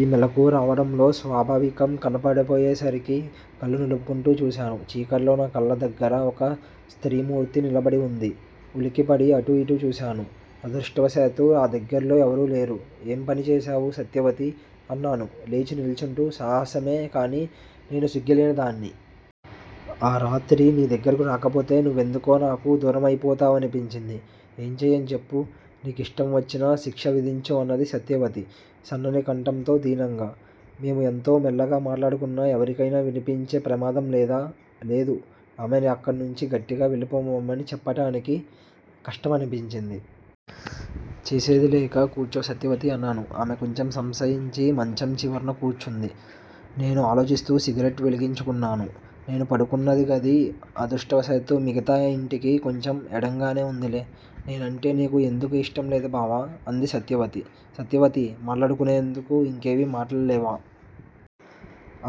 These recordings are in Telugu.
ఈ మెలకువ రావడంలో స్వాభావికం కనబడకపోయేసరికి కళ్ళు నులుపుకుంటూ చూశాను. చీకట్లో నా కాళ్ళ దగ్గర ఒక స్త్రీమూర్తి నిలబడివుంది. ఉలికిపడి అటూ ఇటూ చూశాను. అదృష్టవశాత్తూ ఆ దగ్గర్లో ఎవరూలేరు. ఏం పనిచేశావు సత్యవతీ? అన్నాను లేచి నిల్చుంటూ. సాహసమే కాని నేను సిగ్గులేనిదాన్ని. ఈ రాత్రి నీ దగ్గరకు రాకపోతే నువ్వెందుకో నాకు దూరమైపోతావనిపించింది. ఏం చెయ్యను చెప్పు? నీకిష్టంవచ్చిన శిక్ష విధించు అన్నది సత్యవతి సన్నని కంఠంతో దీనంగా. మేము ఎంత మెల్లగా మాట్లాడుకున్నా ఎవరికైనా వినిపించే ప్రమాదం లేదా? లేదు. ఆమెను అక్కడ్నుంచి గట్టిగా వెళ్ళిపొమ్మని చెప్పటానికి కష్టమనిపించింది. చేసేదిలేక కూర్చో సత్యవతీ అన్నాను. ఆమె కొంచెం సంశయించి మంచం చివర్న కూర్చుంది. నేను ఆలోచిస్తూ సిగరెట్ వెలిగించుకున్నాను. నేను పడుకున్నగది అదృష్టవశాత్తు మిగతా ఇంటికి కొంచెం ఎడంగానే వుందిలే. నేనంటే నీకు ఎందుకు ఇష్టంలేదు బావా? అంది సత్యవతి. సత్యవతీ! మాట్లాడుకునేందుకు ఇంకేవీ మాటల్లేవా?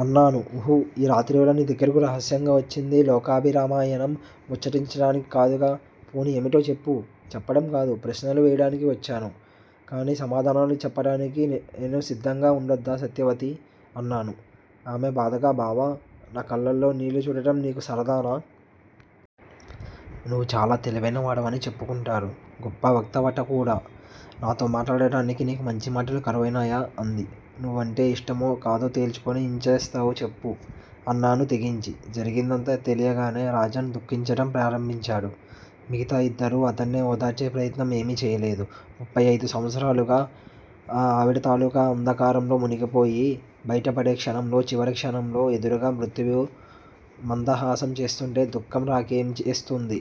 అన్నాను. ఉహుఁ! ఈ రాత్రివేళ నీదగ్గరకు రహస్యంగావచ్చింది లోకాభిరామాయణం ముచ్చటించటానికి కాదుగా! పోనీ ఏమిటో చెప్పు. చెప్పడం కాదు. ప్రశ్నలు వేయడానికి వచ్చాను. కాని సమాధానాలు చెప్పటానికి నేను సిద్ధంగా వుండొద్దా సత్యవతీ! అన్నాను. ఆమె బాధగా బావా! నా కళ్ళలో నీళ్ళు చూడటం నీకు సరదానా? నువ్వు చాలా తెలివైనవాడివని చెప్పుకుంటారు. గొప్ప వక్తవటకూడా. నాతో మాట్లాడటానికి నీకు మంచిమాటలు కరువైనాయా? అంది. నువ్వంటే ఇష్టమో, కాదో తేల్చుకుని యేంచేస్తావు చెప్పు? అన్నాను తెగించి. జరిగిందంతా తెలియగానే రాజన్ దుఃఖించటం ప్రారంభించాడు. మిగతా ఇద్దరూ అతడిని ఓదార్చే ప్రయత్నం ఏమీ చేయలేదు. ముప్పై అయిదు సంవత్సరాలుగా ఆ అడవితాలూకు అంధకారంలో మునిగిపోయి, బయటపడే క్షణంలో చివరి క్షణంలో ఎదురుగా మృత్యువు మందహాసం చేస్తూంటే దుఃఖం రాకేమి చేస్తుంది?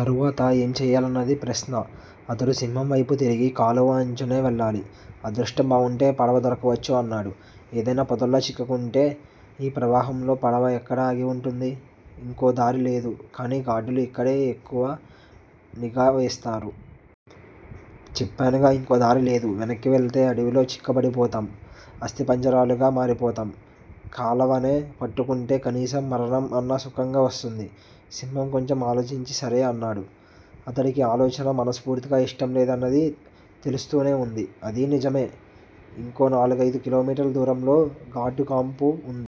తరువాత ఏం చెయ్యాలన్నది ప్రశ్న. అతడు సింహం వైపుతిరిగి, కాలువ అంచునే వెళ్ళాలి. అదృష్టం బావుంటే పడవ దొరకవచ్చు అన్నాడు. ఏదైనా పొదల్లో చిక్కుకుంటే. ఈ ప్రవాహంలో పడవ ఎక్కడ ఆగి వుంటుంది? ఇంకో దారి లేదు కానీ గార్డులు ఇక్కడే ఎక్కువ నిఘా వేస్తారు. చెప్పానుగా. ఇంకో దారిలేదు. వెనక్కి వెళ్ళితే అడవిలో చిక్కుబడిపోతాం. అస్థిపంజరాలుగా మారిపోతాం. కాలవనే పట్టుకుంటే, కనీసం మరణం అన్నా సుఖంగా వస్తుంది. సింహం కొంచెం ఆలోచించి సరే అన్నాడు. అతడికీ ఆలోచన మనస్పూర్తిగా ఇష్టం లేదన్నది తెలుస్తూనేవుంది. అదీ నిజమే. ఇంకో నాలుగైదు కిలోమీటర్ల దూరంలో గార్డు కాంపు వుంది.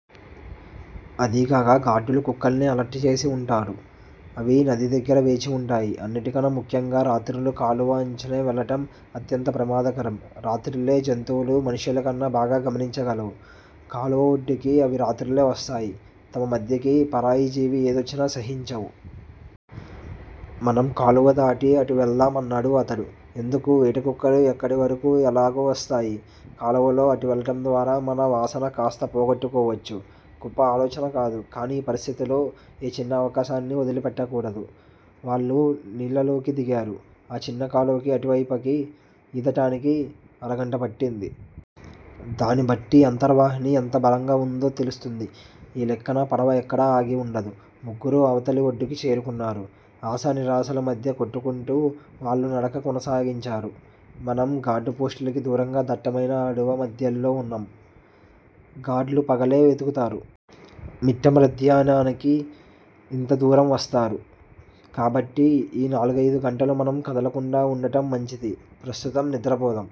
అదీగాక గార్డులు కుక్కల్ని అలర్ట్ చేసి వుంటారు. అవి నది దగ్గర వేచివుంటాయి. అన్నిటికన్నా ముఖ్యంగా రాత్రిళ్ళు కాలువ అంచునే వెళ్ళటం అత్యంత ప్రమాదకరం. రాత్రిళ్ళే జంతువులు మనుష్యులకన్నా బాగా గమనించగలవు. కాలువ ఒడ్డుకి అవి రాత్రిళ్ళే వస్తాయి. తమ మధ్యకి పరాయి జీవి ఏదొచ్చినా సహించవు. మనం కాలువ దాటి అటు వెళదాం అన్నాడు అతడు. ఎందుకు? వేటకుక్కలు ఇక్కడివరకూ ఎలాగూ వస్తాయి. కాలువలో అటువెళ్ళటం ద్వారా మన వాసన కాస్త పోగొట్టుకోవచ్చు. గొప్ప ఆలోచన కాదు. కానీ ఆ పరిస్థితుల్లో ఏ చిన్న అవకాశాన్నీ వదిలిపెట్టకూడదు. వాళ్ళు నీళ్ళలోకి దిగారు. ఆ చిన్న కాలువని అటువైపుకి ఈదటానికి అరగంట పట్టింది. దాన్నిబట్టి అంతర్వాహిని ఎంత బలంగా వుందో తెలుస్తోంది. ఈ లెక్కన పడవ ఎక్కడా ఆగి వుండదు. ముగ్గురూ అవతలి వడ్డుకి చేరుకున్నారు. ఆశా నిరాశల మధ్య కొట్టుకుంటూ వాళ్ళు నడక కొనసాగించారు. మనం గార్డ్ పోస్టులకి దూరంగా దట్టమైన అడవి మధ్యలో వున్నాం. గార్డ్ లు పగలే వెతుకుతారు. మిట్టమధ్యాహానికి ఇంత దూరం వస్తారు. కాబట్టి ఈ నాల్గయిదు గంటలూ మనం కదలకుండా వుండటం మంచిది. ప్రస్తుతం నిద్రపోదాం.